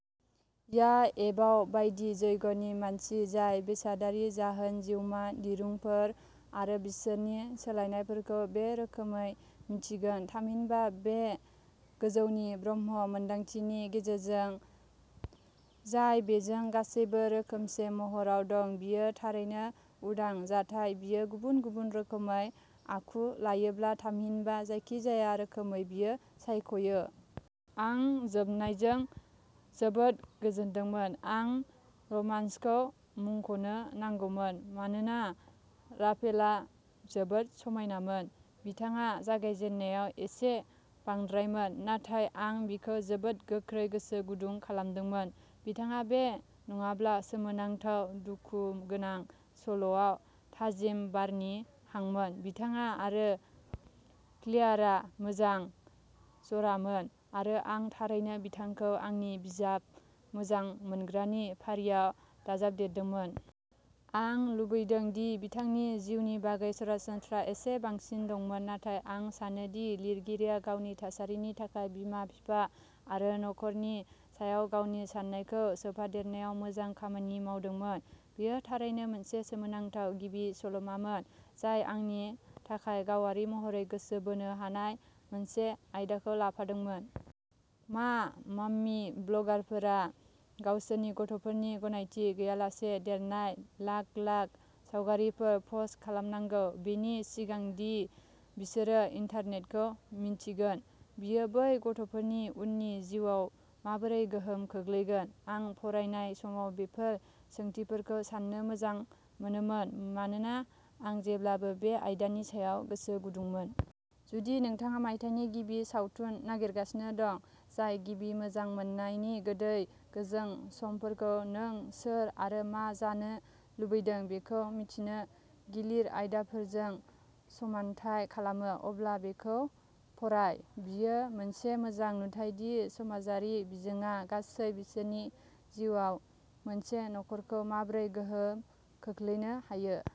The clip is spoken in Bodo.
या एभाम बायदि य'गनि मानसि जाय बेसादारि जाहोन, जिउमा, दिरुंफोर आरो बिसोरनि सोलायनायफोरखौ बे रोखोमै मिन्थिगोन थामहिनबा, बे गोजौनि ब्रह्म-मोनदांथिनि गेजेरजों जाय'बेजों गासैबो रोखोमसे'महराव दं-बियो थारैनो उदां जाथाय-बियो गुबुन-गुबुन रोखोमै आखु लायोब्लाबो थामहिनबा, जायखिजाया रोखोमै बियो सायख'यो। आं जोबनायजों जोबोद गोजोनदोंमोन। आं रमान्सखौ मुंख'नो नांगौमोन मानोना राफेलआ जोबोद समायनामोन। बिथाङा जागायजेननायाव एसे बांद्रायमोन नाथाय आं बिखौ जोबोद गोख्रै गोसो गुदुं खालामदोंमोन। बिथाङा बे नङाब्ला-सोमोनांथाव-दुखुगोनां सल'आव थाजिम बारनि हांमोन। बिथाङा आरो क्लेयारआ मोजां जरामोन आरो आं थारैनो बिथांखौ आंनि बिजाब मोजां मोनग्रानि फारियाव दाजाबदेरदोंमोन। आं लुबैदों दि बिथांनि जिउनि बागै सरासनस्रा एसे बांसिन दंमोन नाथाय आं सानो दि लिरगिरिया गावनि थासारिनि थाखाय बिमा-बिफा आरो नखरनि सायाव गावनि साननायखौ सोफादेरनायाव मोजां खामानि मावदोंमोन। बेयो थारैनो मोनसे सोमोनांथाव गिबि सल'मामोन, जाय आंनि थाखाय गावारि महरै गोसो बोनो हानाय मोनसे आयदाखौ लाफादोंमोन। मा मम्मी ब्लगारफोरा गावसोरनि गथ'फोरनि गनायथि गैयालासे देरनाय लाख-लाख सावगारिफोर पस्ट खालामनांगौ, बेनि सिगां दि बिसोरो इन्टारनेटखौ मिन्थिगोन? बेयो बै गथ'फोरनि उननि जिउआव माबोरै गोहोम खोख्लैगोन? आं फरायनाय समाव बेफोर सोंथिफोरखौ साननो मोजां मोनोमोन मानोना आं जेब्लाबो बे आयदानि सायाव गोसोगुदुंमोन। जुदि नोंथाङा मायथाइनि गिबि सावथुन नागिरगासिनो दं, जाय गिबि मोजां मोननायनि गोदै, गोजों समफोरखौ नों सोर आरो मा जानो लुबैदों बेखौ मिथिनो गिलिर आयदाफोरजों समानथाय खालामो, अब्ला बेखौ फराय। बेयो मोनसे मोजां नुथाय दि समाजारि बिजोङा गासै बोसोरनि जिउआव मोनसे नखरखौ माबोरै गोहोम खोख्लैनो हायो।